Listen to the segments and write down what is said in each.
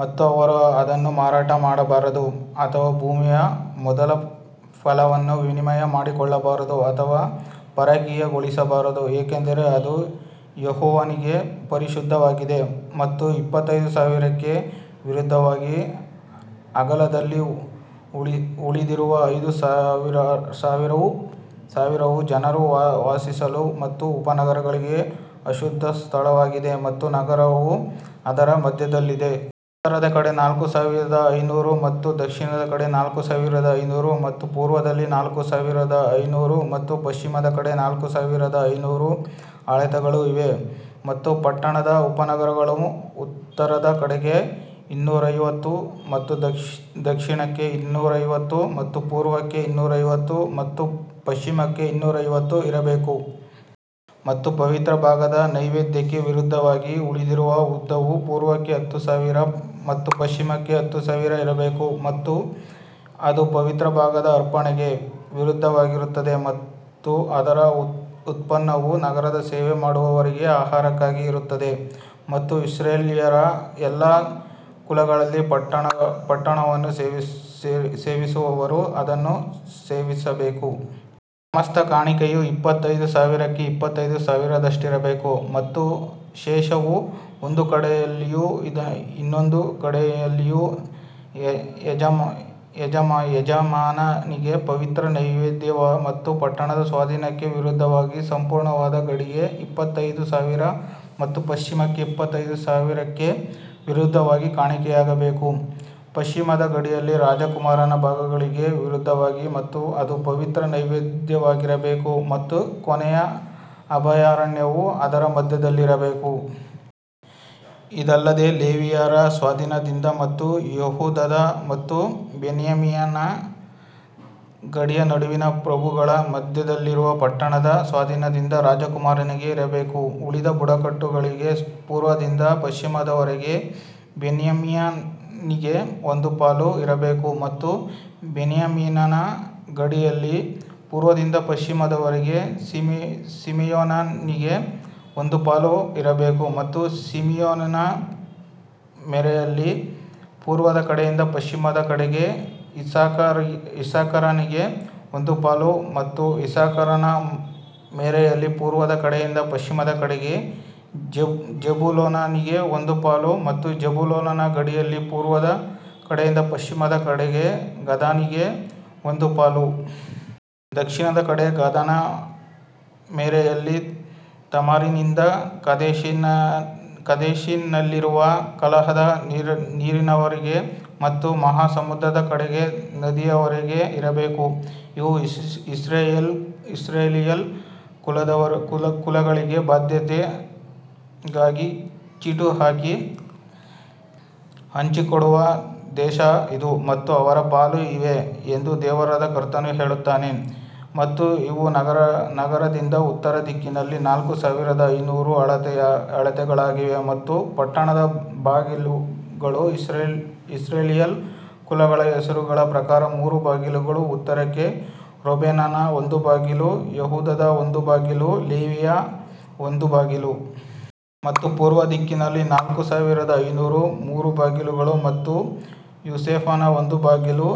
ಮತ್ತು ಅವರು ಅದನ್ನು ಮಾರಾಟ ಮಾಡಬಾರದು ಅಥವಾ ಭೂಮಿಯ ಮೊದಲ ಫಲವನ್ನು ವಿನಿಮಯ ಮಾಡಿಕೊಳ್ಳಬಾರದು ಅಥವಾ ಪರಕೀಯಗೊಳಿಸಬಾರದು ಏಕೆಂದರೆ ಅದು ಯೆಹೋವನಿಗೆ ಪರಿಶುದ್ಧವಾಗಿದೆ. ಮತ್ತು ಇಪ್ಪತ್ತೈದು ಸಾವಿರಕ್ಕೆ ವಿರುದ್ಧವಾಗಿ ಅಗಲದಲ್ಲಿ ಉಳಿದಿರುವ ಐದು ಸಾವಿರವು ಜನರು ವಾಸಿಸಲು ಮತ್ತು ಉಪನಗರಗಳಿಗೆ ಅಶುದ್ಧ ಸ್ಥಳವಾಗಿದೆ ಮತ್ತು ನಗರವು ಅದರ ಮಧ್ಯದಲ್ಲಿದೆ. ಉತ್ತರದ ಕಡೆ ನಾಲ್ಕು ಸಾವಿರದ ಐನೂರು ಮತ್ತು ದಕ್ಷಿಣದ ಕಡೆ ನಾಲ್ಕು ಸಾವಿರದ ಐನೂರು ಮತ್ತು ಪೂರ್ವದಲ್ಲಿ ನಾಲ್ಕು ಸಾವಿರದ ಐನೂರು ಮತ್ತು ಪಶ್ಚಿಮದ ಕಡೆ ನಾಲ್ಕು ಸಾವಿರದ ಐನೂರು ಅಳತೆಗಳು ಇವೇ. ಮತ್ತು ಪಟ್ಟಣದ ಉಪನಗರಗಳು ಉತ್ತರದ ಕಡೆಗೆ ಇನ್ನೂರೈವತ್ತು ಮತ್ತು ದಕ್ಷಿಣಕ್ಕೆ ಇನ್ನೂರೈವತ್ತು ಮತ್ತು ಪೂರ್ವಕ್ಕೆ ಇನ್ನೂರೈವತ್ತು ಮತ್ತು ಪಶ್ಚಿಮಕ್ಕೆ ಇನ್ನೂರೈವತ್ತು ಇರಬೇಕು. ಮತ್ತು ಪವಿತ್ರ ಭಾಗದ ನೈವೇದ್ಯಕ್ಕೆ ವಿರುದ್ಧವಾಗಿ ಉಳಿದಿರುವ ಉದ್ದವು ಪೂರ್ವಕ್ಕೆ ಹತ್ತು ಸಾವಿರ ಮತ್ತು ಪಶ್ಚಿಮಕ್ಕೆ ಹತ್ತು ಸಾವಿರ ಇರಬೇಕು ಮತ್ತು ಅದು ಪವಿತ್ರ ಭಾಗದ ಅರ್ಪಣೆಗೆ ವಿರುದ್ಧವಾಗಿರುತ್ತದೆ ಮತ್ತು ಅದರ ಉತ್ಪನ್ನವು ನಗರದ ಸೇವೆ ಮಾಡುವವರಿಗೆ ಆಹಾರಕ್ಕಾಗಿ ಇರುತ್ತದೆ. ಮತ್ತು ಇಸ್ರಾಯೇಲ್ಯರ ಎಲ್ಲಾ ಕುಲಗಳಲ್ಲಿ ಪಟ್ಟಣವನ್ನು ಸೇವಿಸುವವರು ಅದನ್ನು ಸೇವಿಸಬೇಕು. ಸಮಸ್ತ ಕಾಣಿಕೆಯು ಇಪ್ಪತ್ತೈದು ಸಾವಿರಕ್ಕೆ ಇಪ್ಪತ್ತೈದು ಸಾವಿರದಷ್ಟಿರಬೇಕು. ಮತ್ತು ಶೇಷವು ಒಂದು ಕಡೆಯಲ್ಲಿಯೂ ಇನ್ನೊಂದು ಕಡೆಯಲ್ಲಿಯೂ ಯಜಮಾನನಿಗೆ ಪವಿತ್ರ ನೈವೇದ್ಯದ ಮತ್ತು ಪಟ್ಟಣದ ಸ್ವಾಧೀನಕ್ಕೆ ವಿರುದ್ಧವಾಗಿ ಪೂರ್ವದ ಗಡಿಗೆ ಇಪ್ಪತ್ತೈದು ಸಾವಿರ ಮತ್ತು ಪಶ್ಚಿಮಕ್ಕೆ ಇಪ್ಪತ್ತೈದು ಸಾವಿರಕ್ಕೆ ವಿರುದ್ಧವಾಗಿ ಕಾಣಿಕೆಯಾಗಬೇಕು. ಪಶ್ಚಿಮದ ಗಡಿಯಲ್ಲಿ ರಾಜಕುಮಾರನ ಭಾಗಗಳಿಗೆ ವಿರುದ್ಧವಾಗಿ ಮತ್ತು ಅದು ಪವಿತ್ರ ನೈವೇದ್ಯವಾಗಿರಬೇಕು ಮತ್ತು ಮನೆಯ ಅಭಯಾರಣ್ಯವು ಅದರ ಮಧ್ಯದಲ್ಲಿರಬೇಕು. ಇದಲ್ಲದೆ ಲೇವಿಯರ ಸ್ವಾಧೀನದಿಂದ ಮತ್ತು ಯೆಹೂದದ ಮತ್ತು ಬೆನ್ಯಾಮೀನನ ಗಡಿಯ ನಡುವಿನ ಪ್ರಭುಗಳ ಮಧ್ಯದಲ್ಲಿರುವ ಪಟ್ಟಣದ ಸ್ವಾಧೀನದಿಂದ ರಾಜಕುಮಾರನಿಗೆ ಇರಬೇಕು. ಉಳಿದ ಬುಡಕಟ್ಟುಗಳಿಗೆ ಪೂರ್ವದಿಂದ ಪಶ್ಚಿಮದವರೆಗೆ ಬೆನ್ಯಾಮೀನನಿಗೆ ಒಂದು ಪಾಲು ಇರಬೇಕು. ಮತ್ತು ಬೆನ್ಯಾಮೀನನ ಗಡಿಯಲ್ಲಿ ಪೂರ್ವದಿಂದ ಪಶ್ಚಿಮದವರೆಗೆ ಸಿಮೆಯೋನನಿಗೆ ಒಂದು ಪಾಲು ಇರಬೇಕು ಮತ್ತು ಸಿಮೆಯೋನನ ಮೇರೆಯಲ್ಲಿ ಪೂರ್ವದ ಕಡೆಯಿಂದ ಪಶ್ಚಿಮದ ಕಡೆಗೆ ಇಸ್ಸಾಕಾರನಿಗೆ ಒಂದು ಪಾಲು ಮತ್ತು ಇಸ್ಸಾಕಾರನ ಮೇರೆಯಲ್ಲಿ ಪೂರ್ವದ ಕಡೆಯಿಂದ ಪಶ್ಚಿಮದ ಕಡೆಗೆ ಜೆಬುಲೂನನಿಗೆ ಒಂದು ಪಾಲು ಮತ್ತು ಜೆಬುಲೂನನ ಗಡಿಯಲ್ಲಿ ಪೂರ್ವದ ಕಡೆಯಿಂದ ಪಶ್ಚಿಮದ ಕಡೆಗೆ ಗಾದನಿಗೆ ಒಂದು ಪಾಲು. ದಕ್ಷಿಣದ ಕಡೆ ಗಾದನ ಮೇರೆಯಲ್ಲಿ ತಾಮಾರಿನಿಂದ ಕಾದೇಶಿನಲ್ಲಿರುವ ಕಲಹದ ನೀರಿನವರೆಗೆ ಮತ್ತು ಮಹಾಸಮುದ್ರದ ಕಡೆಗೆ ನದಿಯವರೆಗೆ ಇರಬೇಕು. ನೀವು ಇಸ್ರಾಯೇಲ್ ಕುಲಗಳಿಗೆ ಬಾಧ್ಯತೆಗಾಗಿ ಚೀಟು ಹಾಕಿ ಹಂಚಿಕೊಡುವ ದೇಶ ಇದು ಮತ್ತು ಅವರ ಪಾಲು ಇವೇ ಎಂದು ದೇವರಾದ ಕರ್ತನು ಹೇಳುತ್ತಾನೆ. ಮತ್ತು ಇವು ನಗರದಿಂದ ಉತ್ತರ ದಿಕ್ಕಿನಲ್ಲಿ ನಾಲ್ಕು ಸಾವಿರದ ಐನೂರು ಅಳತೆಗಳಾಗಿವೆ ಮತ್ತು ಪಟ್ಟಣದ ಬಾಗಿಲುಗಳು ಇಸ್ರಾಯೇಲ್ ಕುಲಗಳ ಹೆಸರುಗಳ ಪ್ರಕಾರ ಮೂರು ಬಾಗಿಲುಗಳು ಉತ್ತರಕ್ಕೆ, ರೂಬೇನನ ಒಂದು ಬಾಗಿಲು, ಯೆಹೂದದ ಒಂದು ಬಾಗಿಲು, ಲೇವಿಯ ಒಂದು ಬಾಗಿಲು. ಮತ್ತು ಪೂರ್ವ ದಿಕ್ಕಿನಲ್ಲಿ ನಾಲ್ಕು ಸಾವಿರದ ಐನೂರು, ಮೂರು ಬಾಗಿಲುಗಳು ಮತ್ತು ಯೋಸೇಫನ ಒಂದು ಬಾಗಿಲು,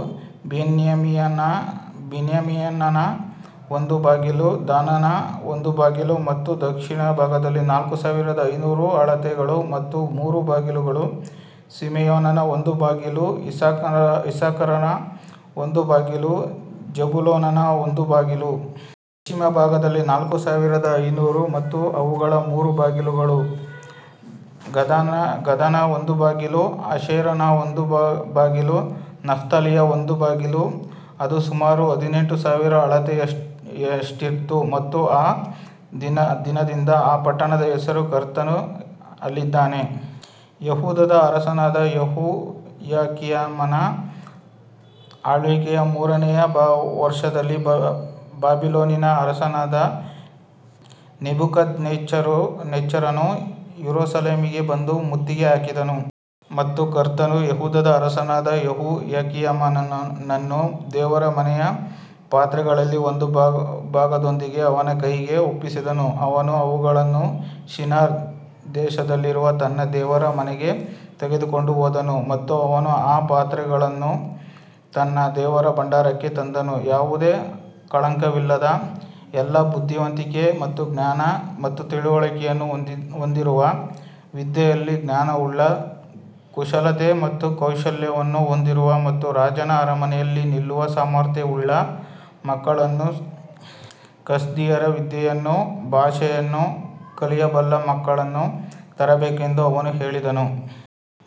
ಬೆನ್ಯಾಮೀನನ ಒಂದು ಬಾಗಿಲು, ದಾನನ ಒಂದು ಬಾಗಿಲು. ಮತ್ತು ದಕ್ಷಿಣ ಭಾಗದಲ್ಲಿ ನಾಲ್ಕು ಸಾವಿರದ ಐನೂರು ಅಳತೆಗಳು ಮತ್ತು ಮೂರು ಬಾಗಿಲುಗಳು, ಸಿಮೆಯೋನನ ಒಂದು ಬಾಗಿಲು, ಇಸ್ಸಾಕಾರನ ಒಂದು ಬಾಗಿಲು, ಜೆಬುಲೂನನ ಒಂದು ಬಾಗಿಲು. ಪಶ್ಚಿಮ ಭಾಗದಲ್ಲಿ ನಾಲ್ಕು ಸಾವಿರದ ಐನೂರು ಮತ್ತು ಅವುಗಳ ಮೂರು ಬಾಗಿಲುಗಳು, ಗಾದನ ಒಂದು ಬಾಗಿಲು, ಆಶೇರನ ಒಂದು ಬಾಗಿಲು, ನಫ್ತಾಲಿಯ ಒಂದು ಬಾಗಿಲು. ಅದು ಸುಮಾರು ಹದಿನೆಂಟು ಸಾವಿರ ಅಳತೆಯಷ್ಟಿತ್ತು ಮತ್ತು ಆ ದಿನದಿಂದ ಆ ಪಟ್ಟಣದ ಹೆಸರು ಕರ್ತನು ಅಲ್ಲಿದ್ದಾನೆ. ಯೆಹೂದದ ಅರಸನಾದ ಯೆಹೋಯಾಕೀಮನ ಆಳ್ವಿಕೆಯ ಮೂರನೆಯ ವರ್ಷದಲ್ಲಿ ಬಾಬಿಲೋನಿನ ಅರಸನಾದ ನೆಬೂಕದ್ನೆಚ್ಚರನು ಯೆರೂಸಲೇಮಿಗೆ ಬಂದು ಮುತ್ತಿಗೆ ಹಾಕಿದನು. ಮತ್ತು ಕರ್ತನು ಯೆಹೂದದ ಅರಸನಾದ ಯೆಹೋಯಾಕೀಮನನ್ನು ದೇವರ ಮನೆಯ ಪಾತ್ರೆಗಳಲ್ಲಿ ಒಂದು ಭಾಗದೊಂದಿಗೆ ಅವನ ಕೈಗೆ ಒಪ್ಪಿಸಿದನು. ಅವನು ಅವುಗಳನ್ನು ಶಿನಾರ್ ದೇಶದಲ್ಲಿರುವ ತನ್ನ ದೇವರ ಮನೆಗೆ ತೆಗೆದುಕೊಂಡು ಹೋದನು ಮತ್ತು ಅವನು ಆ ಪಾತ್ರೆಗಳನ್ನು ತನ್ನ ದೇವರ ಭಂಡಾರಕ್ಕೆ ತಂದನು. ಯಾವುದೇ ಕಳಂಕವಿಲ್ಲದ, ಎಲ್ಲಾ ಬುದ್ಧಿವಂತಿಕೆ ಮತ್ತು ಜ್ಞಾನ ಮತ್ತು ತಿಳುವಳಿಕೆಯನ್ನು ಹೊಂದಿರುವ, ವಿದ್ಯೆಯಲ್ಲಿ ಜ್ಞಾನವುಳ್ಳ, ಕುಶಲತೆ ಮತ್ತು ಕೌಶಲ್ಯವನ್ನು ಹೊಂದಿರುವ ಮತ್ತು ರಾಜನ ಅರಮನೆಯಲ್ಲಿ ನಿಲ್ಲುವ ಸಾಮರ್ಥ್ಯವುಳ್ಳ ಮಕ್ಕಳನ್ನು, ಕಸ್ದೀಯರ ವಿದ್ಯೆಯನ್ನೂ ಭಾಷೆಯನ್ನೂ ಕಲಿಯಬಲ್ಲ ಮಕ್ಕಳನ್ನು ತರಬೇಕೆಂದು ಅವನು ಹೇಳಿದನು.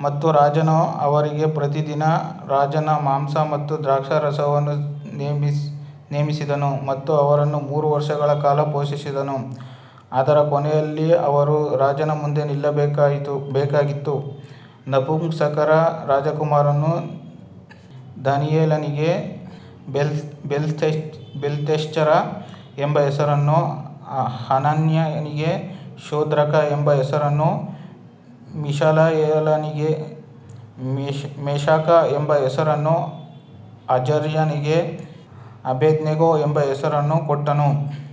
ಮತ್ತು ರಾಜನು ಅವರಿಗೆ ಪ್ರತಿದಿನ ರಾಜನ ಮಾಂಸ ಮತ್ತು ದ್ರಾಕ್ಷಾರಸವನ್ನು ನೇಮಿಸಿದನು ಮತ್ತು ಅವರನ್ನು ಮೂರು ವರ್ಷಗಳ ಕಾಲ ಪೋಷಿಸಿದನು, ಅದರ ಕೊನೆಯಲ್ಲಿ ಅವರು ರಾಜನ ಮುಂದೆ ನಿಲ್ಲಬೇಕಾಗಿತ್ತು. ನಪುಂಸಕರ ರಾಜಕುಮಾರನು ದಾನಿಯೇಲನಿಗೆ ಬೆಲ್ತೆಶಚ್ಚರ ಎಂಬ ಹೆಸರನ್ನೂ, ಹನನ್ಯನಿಗೆ ಶದ್ರಕ ಎಂಬ ಹೆಸರನ್ನೂ, ಮಿಶಾಯೇಲನಿಗೆ ಮೇಷಕ ಎಂಬ ಹೆಸರನ್ನೂ, ಅಜರ್ಯನಿಗೆ ಅಬೇದ್ನೆಗೋ ಎಂಬ ಹೆಸರನ್ನೂ ಕೊಟ್ಟನು.